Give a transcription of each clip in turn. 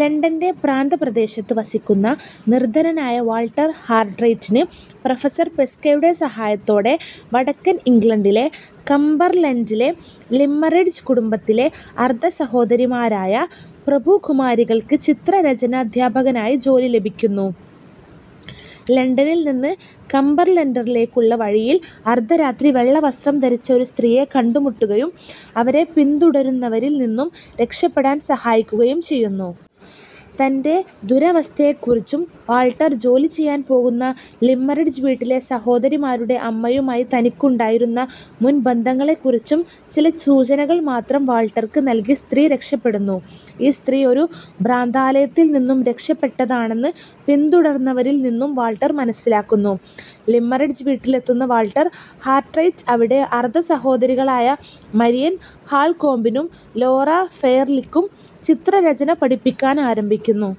ലണ്ടന്റെ പ്രാന്തപ്രദേശത്ത് വസിക്കുന്ന നിർധനനായ Walter ഹാർട്രൈറ്റിന്, professor പെസ്കയുടെ സഹായത്തോടെ വടക്കൻ ഇംഗ്ലണ്ടിലെ കംബർലൻഡിലെ ലിമ്മറിഡ്ജ് കുടുംബത്തിലെ അർദ്ധസഹോദരിമാരായ പ്രഭുകുമാരികൾക്ക് ചിത്രരചനാദ്ധ്യാപകനായി ജോലി ലഭിക്കുന്നു. ലണ്ടനിൽ നിന്ന് കംബർലൻഡിലേക്കുള്ള വഴിയിൽ അർദ്ധരാത്രി, വെള്ളവസ്ത്രം ധരിച്ച ഒരു സ്ത്രീയെ കണ്ടുമുട്ടുകയും, അവരെ പിന്തുടരുന്നവരിൽ നിന്നും രക്ഷപ്പെടാൻ സഹായിക്കുകയും ചെയ്യുന്നു. തന്റെ ദുരവസ്ഥയെക്കുറിച്ചും, വാൾട്ടർ ജോലി ചെയ്യാൻ പോകുന്ന ലിമ്മറിഡ്ജ് വീട്ടിലെ സഹോദരിമാരുടെ അമ്മയുമായി തനിക്കുണ്ടായിരുന്ന മുൻബന്ധങ്ങളെക്കുറിച്ചും ചില സൂചനകൾ മാത്രം വാൾട്ടർക്ക് നൽകി സ്ത്രീ രക്ഷപ്പെടുന്നു. ഈ സ്ത്രീ ഒരു ഭ്രാന്താലയത്തിൽ നിന്നും രക്ഷപ്പെട്ടതാണെന്ന് പിന്തുടർന്നവരിൽ നിന്നും വാൾട്ടർ മനസ്സിലാക്കുന്നു. ലിമ്മറിഡ്ജ് വീട്ടിലെത്തുന്ന വാൾട്ടർ ഹാർട്രൈറ്റ് അവിടെ അർദ്ധസഹോദരികളായ മരിയൻ ഹാൾകോമ്പിനും ലോറ ഫെയർലിക്കും ചിത്രരചന പഠിപ്പിക്കാനാരംഭിക്കുന്നു.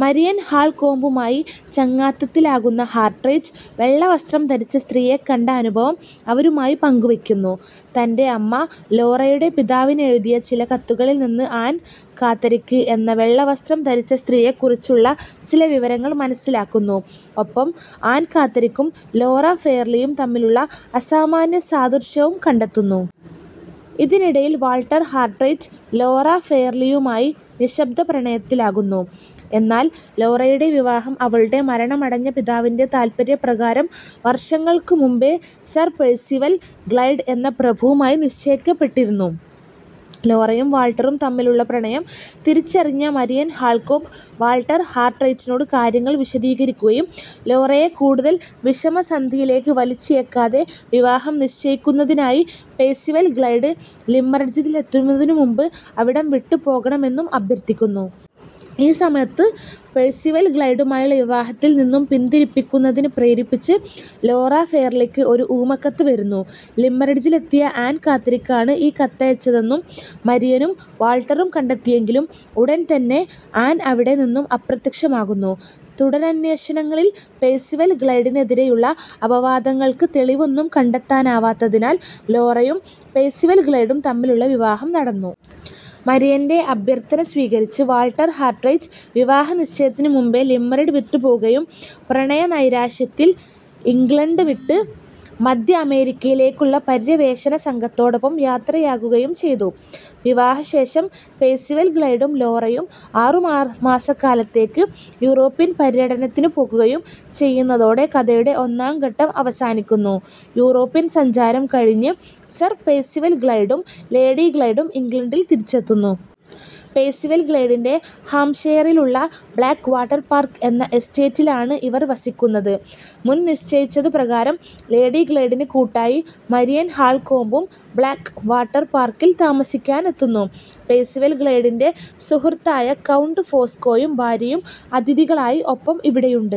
മരിയൻ ഹാൾകോമ്പുമായി ചങ്ങാത്തത്തിലാകുന്ന ഹാർട്രൈറ്റ്, വെള്ളവസ്ത്രം ധരിച്ച സ്ത്രീയെക്കണ്ട അനുഭവം അവരുമായി പങ്കുവെക്കുന്നു. തന്റെ അമ്മ, ലോറയുടെ പിതാവിനെഴുതിയ ചില കത്തുകളിൽ നിന്ന് ആൻ കാത്തറിക്ക് എന്ന വെള്ളവസ്ത്രം ധരിച്ച സ്ത്രീയെക്കുറിച്ചുള്ള ചില വിവരങ്ങൾ മനസ്സിലാക്കുന്നു. ഒപ്പം ആൻ കാത്തറിക്കും ലോറ ഫെയർലിയും തമ്മിലുള്ള അസാമാന്യസാദൃശ്യവും കണ്ടെത്തുന്നു. ഇതിനിടയിൽ വാൾട്ടർ ഹാർട്രൈറ്റ്, ലോറ ഫെയർലിയുമായി നിശ്ശബ്ദപ്രണയത്തിലാകുന്നു. എന്നാൽ ലോറയുടെ വിവാഹം അവളുടെ മരണമടഞ്ഞ പിതാവിന്റെ താല്പര്യപ്രകാരം വർഷങ്ങൾക്കു മുൻപേ സർ പെഴ്സിവൽ ഗ്ലൈഡ് എന്ന പ്രഭുവുമായി നിശ്ചയിക്കപ്പെട്ടിരുന്നു. ലോറയും വാൾട്ടറും തമ്മിലുള്ള പ്രണയം തിരിച്ചറിഞ്ഞ മരിയൻ ഹാൾകോമ്പ്, വാൾട്ടർ ഹാർട്രൈറ്റിനോട് കാര്യങ്ങൾ വിശദീകരിക്കുകയും ലോറയെ കൂടുതൽ വിഷമസന്ധിയിലേക്ക് വലിച്ചിഴക്കാതെ, വിവാഹം നിശ്ചയിക്കുന്നതിനായി പെഴ്സിവൽ ഗ്ലൈഡ് ലിമ്മറിഡ്ജിലെത്തുന്നതിനുമുൻപ് അവിടം വിട്ടുപോകണമെന്നും അഭ്യർത്ഥിക്കുന്നു. ഈ സമയത്ത് പെഴ്സിവൽ ഗ്ലൈഡുമായുള്ള വിവാഹത്തിൽ നിന്നും പിന്തിരിപ്പിക്കുന്നതിന് പ്രേരിപ്പിച്ച് ലോറ ഫെയർലിക്ക് ഒരു ഊമക്കത്ത് വരുന്നു. ലിമ്മറിഡ്ജിലെത്തിയ ആൻ കാത്തറിക്കാണ് ഈ കത്തയച്ചതെന്ന് മരിയനും വാൾട്ടറും കണ്ടെത്തിയെങ്കിലും, ഉടൻ തന്നെ ആൻ അവിടെ നിന്നും അപ്രത്യക്ഷമാകുന്നു. തുടരന്വേഷണങ്ങളിൽ പെഴ്സിവൽ ഗ്ലൈഡിനെതിരെയുള്ള അപവാദങ്ങൾക്ക് തെളിവൊന്നും കണ്ടെത്താനാവത്തതിനാൽ ലോറയും പെഴ്സിവൽ ഗ്ലൈഡും തമ്മിലുള്ള വിവാഹം നടന്നു. മരിയന്റെ അഭ്യർത്ഥന സ്വീകരിച്ച് വാൾട്ടർ ഹാർട്രൈറ്റ്, വിവാഹനിശ്ചയത്തിനു മുൻപേ ലിമ്മറിഡ് വിട്ടുപോകുകയും പ്രണയനൈരാശ്യത്തിൽ ഇംഗ്ലണ്ട് വിട്ട് മദ്ധ്യ അമേരിക്കയിലേക്കുള്ള പര്യവേഷണ സംഘത്തോടൊപ്പം യാത്രയാകുകയും ചെയ്തു. വിവാഹശേഷം പെഴ്സിവൽ ഗ്ലൈഡും ലോറയും ആറു മാസക്കാലത്തേക്ക് യൂറോപ്യൻ പര്യടനത്തിനു പോകുകയും ചെയ്യുന്നതോടെ കഥയുടെ ഒന്നാം ഘട്ടം അവസാനിക്കുന്നു. യൂറോപ്യൻ സഞ്ചാരം കഴിഞ്ഞ് സർ പെഴ്സിവൽ ഗ്ലൈഡും ലേഡി ഗ്ലൈഡും ഇംഗ്ലണ്ടിൽ തിരിച്ചെത്തുന്നു. പെഴ്സിവൽ ഗ്ലൈഡിന്റെ ഹാംഷയറിലുള്ള ബ്ലാക്ക് വാട്ടർ പാർക്ക് എന്ന എസ്റ്റേറ്റിലാണ് ഇവർ വസിക്കുന്നത്. മുൻ നിശ്ചയിച്ചതു പ്രകാരം ലേഡി ഗ്ലൈഡിന് കൂട്ടായി മരിയൻ ഹാൾകോമ്പും ബ്ലാക്ക് വാട്ടർ പാർക്കിൽ താമസിക്കാനെത്തുന്നു. പെഴ്സിവൽ ഗ്ലൈഡിന്റെ സുഹൃത്തായ കൗണ്ട് ഫോസ്കോയും ഭാര്യയും അതിഥികളായി ഒപ്പം ഇവിടെയുണ്ട്.